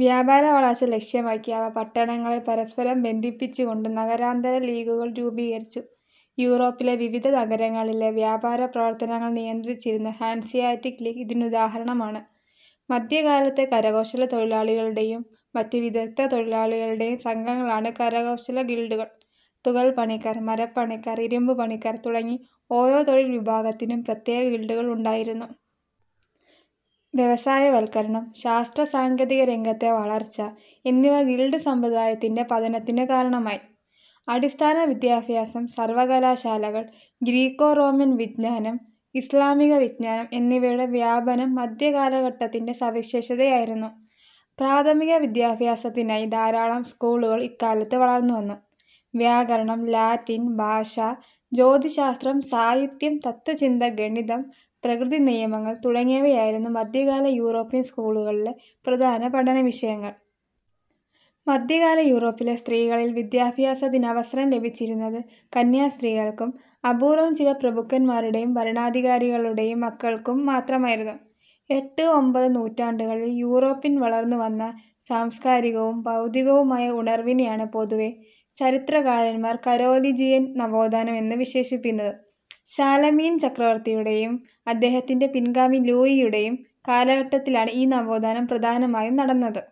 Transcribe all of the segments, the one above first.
വ്യാപാര വളർച്ച ലക്ഷ്യമാക്കിയ അവ പട്ടണങ്ങളെ പരസ്പരം ബന്ധിപ്പിച്ചുകൊണ്ട് നഗരാന്തര ലീഗുകൾ രൂപീകരിച്ചു. യൂറോപ്പിലെ വിവിധ നഗരങ്ങളിലെ വ്യാപാരപ്രവർത്തനങ്ങൾ നിയന്ത്രിച്ചിരുന്ന ഹാൻസിയാറ്റിക് ലീഗ് ഇതിനൊരുദാഹരണമാണ്. മധ്യകാലത്തെ കരകൗശലത്തൊഴിലാളികളുടെയും മറ്റു വിദഗ്ധതൊഴിലാളികളുടെയും സംഘങ്ങളാണ് കരകൗശല ഗിൽഡുകൾ. തുകൽപ്പണിക്കാർ, മരപ്പണിക്കാർ, ഇരുമ്പുപണിക്കാർ തുടങ്ങി ഓരോ തൊഴിൽ വിഭാഗത്തിനും പ്രത്യേകം ഗിൽഡുകൾ ഉണ്ടായിരുന്നു. വ്യവസായവൽക്കരണം, ശാസ്ത്ര-സാങ്കേതികരംഗത്തെ വളർച്ച എന്നിവ ഗിൽഡ് സമ്പ്രദായത്തിന്റെ പതനത്തിനു കാരണമായി. അടിസ്ഥാന വിദ്യാഭ്യാസം, സർവകലാശാലകൾ, ഗ്രീക്കോ-റോമൻ വിജ്ഞാനം, ഇസ്ലാമികവിജ്ഞാനം എന്നിവയുടെ വ്യാപനം മധ്യകാലഘട്ടത്തിന്റെ സവിശേഷതയായിരുന്നു. പ്രാഥമിക വിദ്യാഭ്യാസത്തിനായി ധാരാളം സ്കൂളുകൾ ഇക്കാലത്ത് വളർന്നുവന്നു. വ്യാകരണം, ലാറ്റിൻ ഭാഷ, ജ്യോതിശ്ശാസ്ത്രം, സാഹിത്യം, തത്ത്വചിന്ത, ഗണിതം, പ്രകൃതിനിയമങ്ങൾ തുടങ്ങിയവയായിരുന്നു മധ്യകാല യൂറോപ്യൻ സ്കൂളുകളിലെ പ്രധാന പഠനവിഷയങ്ങൾ. മധ്യകാല യൂറോപ്പിലെ സ്ത്രീകളിൽ വിദ്യാഭ്യാസത്തിന് അവസരം ലഭിച്ചിരുന്നത് കന്യാസ്ത്രീകൾക്കും അപൂർവം ചില പ്രഭുക്കന്മാരുടെയും ഭരണാധികാരികളുടെയും മക്കൾക്കും മാത്രമായിരുന്നു. എട്ട്, ഒമ്പത് നൂറ്റാണ്ടുകളിൽ യൂറോപ്പിൽ വളർന്നു വന്ന സാംസ്കാരികവും ബൗദ്ധികവുമായ ഉണർവിനെയാണ് പൊതുവെ ചരിത്രകാരന്മാർ കരോലിൻജിയൻ നവോത്ഥാനം' എന്ന് വിശേഷിപ്പിക്കുന്നത്. ഷാലമീൻ ചക്രവർത്തിയുടെയും അദ്ദേഹത്തിന്റെ പിൻഗാമി ലൂയിയുടെയും കാലഘട്ടത്തിലാണ് ഈ നവോത്ഥാനം പ്രധാനമായും നടന്നത്.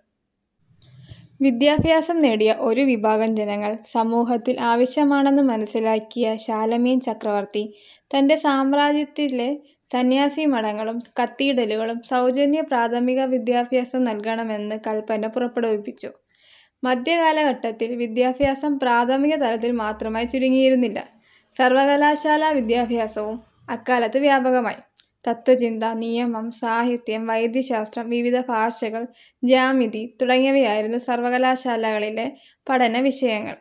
വിദ്യാഭ്യാസം നേടിയ ഒരു വിഭാഗം ജനങ്ങൾ സമൂഹത്തിൽ ആവശ്യമാണെന്ന് മനസിലാക്കിയ ഷാലമീൻ ചക്രവർത്തി തന്റെ സാമ്രാജ്യത്തിലെ സന്യാസി മഠങ്ങളും കത്തീഡലുകളും സൗജന്യ പ്രാഥമിക വിദ്യാഭ്യാസം നൽകണമെന്ന് കല്പന പുറപ്പെടുവിച്ചു. മധ്യകാലഘട്ടത്തിൽ വിദ്യാഭ്യാസം പ്രാഥമിക തലത്തിൽ മാത്രമായി ചുരുങ്ങിയിരുന്നില്ല. സർവകലാശാലാ വിദ്യാഭ്യാസവും അക്കാലത്ത് വ്യാപകമായി. തത്വചിന്ത, നിയമം, സാഹിത്യം, വൈദ്യശാസ്ത്രം, വിവിധ ഭാഷകൾ, ജ്യാമിതി തുടങ്ങിയവയായിരുന്നു സർവകലാശാലകളിലെ പഠന വിഷയങ്ങൾ.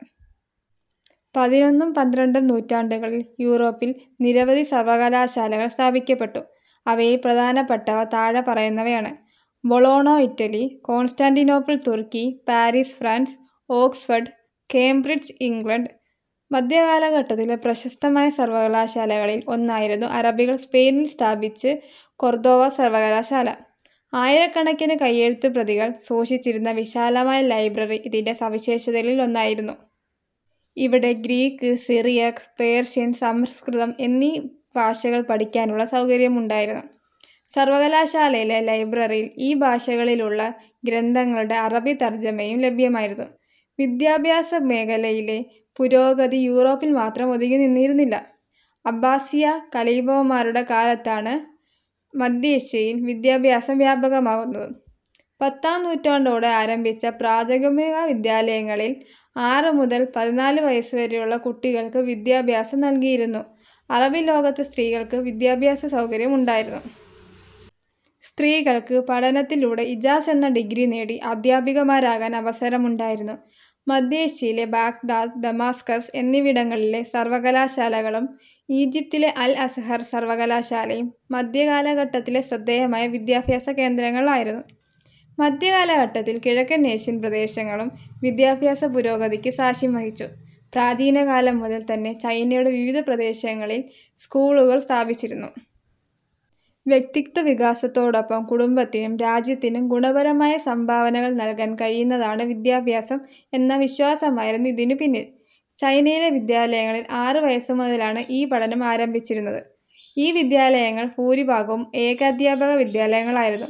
പതിനൊന്നും പന്ത്രണ്ടും നൂറ്റാണ്ടുകളിൽ യൂറോപ്പിൽ നിരവധി സർവകലാശാലകൾ സ്ഥാപിക്കപ്പെട്ടു. അവയിൽ പ്രധാനപ്പെട്ടവ താഴെ പറയുന്നവയാണ്. ബൊളോണ-ഇറ്റലി, കോൺസ്റ്റാന്റിനോപ്പിൾ തുർക്കി, Paris France, Oxford, Cambridge -England. മധ്യകാലഘട്ടത്തിലെ പ്രശസ്തമായ സർവകലാശാലകളിൽ ഒന്നായിരുന്നു അറബികൾ സ്പെയിനിൽ സ്ഥാപിച്ച് കൊർദോവ സർവകലാശാല. ആയിരക്കണക്കിന് കൈയെഴുത്തുപ്രതികൾ സൂക്ഷിച്ചിരുന്ന വിശാലമായ ലൈബ്രറി ഇതിന്റെ സവിശേഷതകളിലൊന്നായിരുന്നു. ഇവിടെ ഗ്രീക്ക്, സിറിയക്, പേർഷ്യൻ, സംസ്കൃതം എന്നീ ഭാഷകൾ പഠിക്കാനുള്ള സൗകര്യമുണ്ടായിരുന്നു. സർവകലാശാലയിലെ ലൈബ്രറിയിൽ ഈ ഭാഷകളിലുള്ള ഗ്രന്ഥങ്ങളുടെ അറബി തർജമയും ലഭ്യമായിരുന്നു. വിദ്യാഭ്യാസ മേഖലയിലെ പുരോഗതി യൂറോപ്പിൽ മാത്രം ഒതുങ്ങി നിന്നിരുന്നില്ല. അബ്ബാസിയാ ഖലീഫമാരുടെ കാലത്താണ് മധ്യേഷ്യയിൽ വിദ്യാഭ്യാസം വ്യാപകമാകുന്നത്. പത്താം നൂറ്റാണ്ടോടെ ആരംഭിച്ച പ്രാഥമിക വിദ്യാലയങ്ങളിൽ ആറുമുതൽ പതിനാലു വയസ്സുവരെയുള്ള കുട്ടികൾക്ക് വിദ്യാഭ്യാസം നൽകിയിരുന്നു അറബി ലോകത്ത് സ്ത്രീകൾക്ക് വിദ്യാഭ്യാസസൗകര്യം ഉണ്ടായിരുന്നു. സ്ത്രീകൾക്ക് പഠനത്തിലൂടെ ഇജാസ് എന്ന ഡിഗ്രി നേടി അധ്യാപികമാരാകാൻ അവസരമുണ്ടായിരുന്നു. മധ്യേഷ്യയിലെ ബാഗ്ദാദ്, ദമാസ്കസ് എന്നിവിടങ്ങളിലെ സർവകലാശാലകളും ഈജിപ്തിലെ അൽ അസ്ഹർ സർവകലാശാലയും മധ്യകാലഘട്ടത്തിലെ ശ്രദ്ധേയമായ വിദ്യാഭ്യാസകേന്ദ്രങ്ങളായിരുന്നു. മധ്യകാലഘട്ടത്തിൽ കിഴക്കനേഷ്യൻ പ്രദേശങ്ങളും വിദ്യാഭ്യാസപുരോഗതിക്ക് സാക്ഷ്യം വഹിച്ചു. പ്രാചീനകാലം മുതൽ തന്നെ ചൈനയുടെ വിവിധ പ്രദേശങ്ങളിൽ സ്കൂളുകൾ സ്ഥാപിച്ചിരുന്നു. വ്യക്തിത്വ വികാസത്തോടൊപ്പം കുടുംബത്തിനും രാജ്യത്തിനും ഗുണപരമായ സംഭാവനകൾ നൽകാൻ കഴിയുന്നതാണ് വിദ്യാഭ്യാസം എന്ന വിശ്വാസമായിരുന്നു ഇതിനു പിന്നിൽ. ചൈനയിലെ വിദ്യാലയങ്ങളിൽ ആറുവയസ്സുമുതലാണ് പഠനം ആരംഭിച്ചിരുന്നത്. ഈ വിദ്യാലയങ്ങൾ ഭൂരിഭാഗവും ഏകാധ്യാപക വിദ്യാലയങ്ങളായിരുന്നു.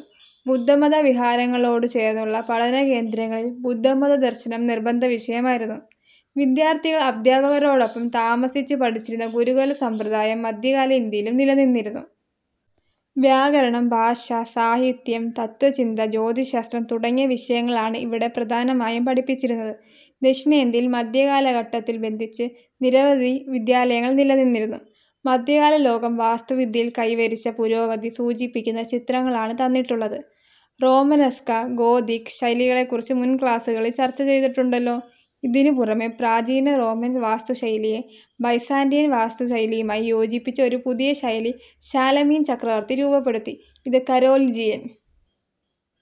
ബുദ്ധമതവിഹാരങ്ങളോടു ചേർന്നുള്ള പഠനകേന്ദ്രങ്ങളിൽ ബുദ്ധമത ദർശനം നിർബന്ധവിഷയമായിരുന്നു. വിദ്യാർഥികൾ അധ്യാപകരോടൊപ്പം താമസിച്ചു പഠിച്ചിരുന്ന ഗുരുകുലസമ്പ്രദായം മധ്യകാല ഇന്ത്യയിലും നിലനിന്നിരുന്നു. വ്യാകരണം, ഭാഷ, സാഹിത്യം, തത്ത്വചിന്ത, ജ്യോതിശ്ശാസ്ത്രം തുടങ്ങിയ വിഷയങ്ങളാണ് ഇവിടെ പ്രധാനമായും പഠിപ്പിച്ചിരുന്നത്. ദക്ഷിണേന്ത്യയിൽ മധ്യകാലഘട്ടത്തിൽ ബന്ധിച്ച് നിരവധി വിദ്യാലയങ്ങൾ നിലനിന്നിരുന്നു. മധ്യകാലലോകം വാസ്തുവിദ്യയിൽ കൈവരിച്ച പുരോഗതി സൂചിപ്പിക്കുന്ന ചിത്രങ്ങളാണ് തന്നിട്ടുള്ളത്. റോമനസ്ക്, ഗോഥിക് ശൈലികളെക്കുറിച്ച് മുൻ ക്ലാസുകളിൽ ചർച്ചചെയ്തിട്ടുണ്ടല്ലോ. ഇതിനു പുറമെ പ്രാചീന റോമൻ വാസ്തുശൈലിയെ ബൈസാന്റയിൻ വാസ്തുശൈലിയുമായി യോജിപ്പിച്ച ഒരു പുതിയ ശൈലി ഷാലമീൻ ചക്രവർത്തി രൂപപ്പെടുത്തി. ഇത് കരോലിൻജിയൻ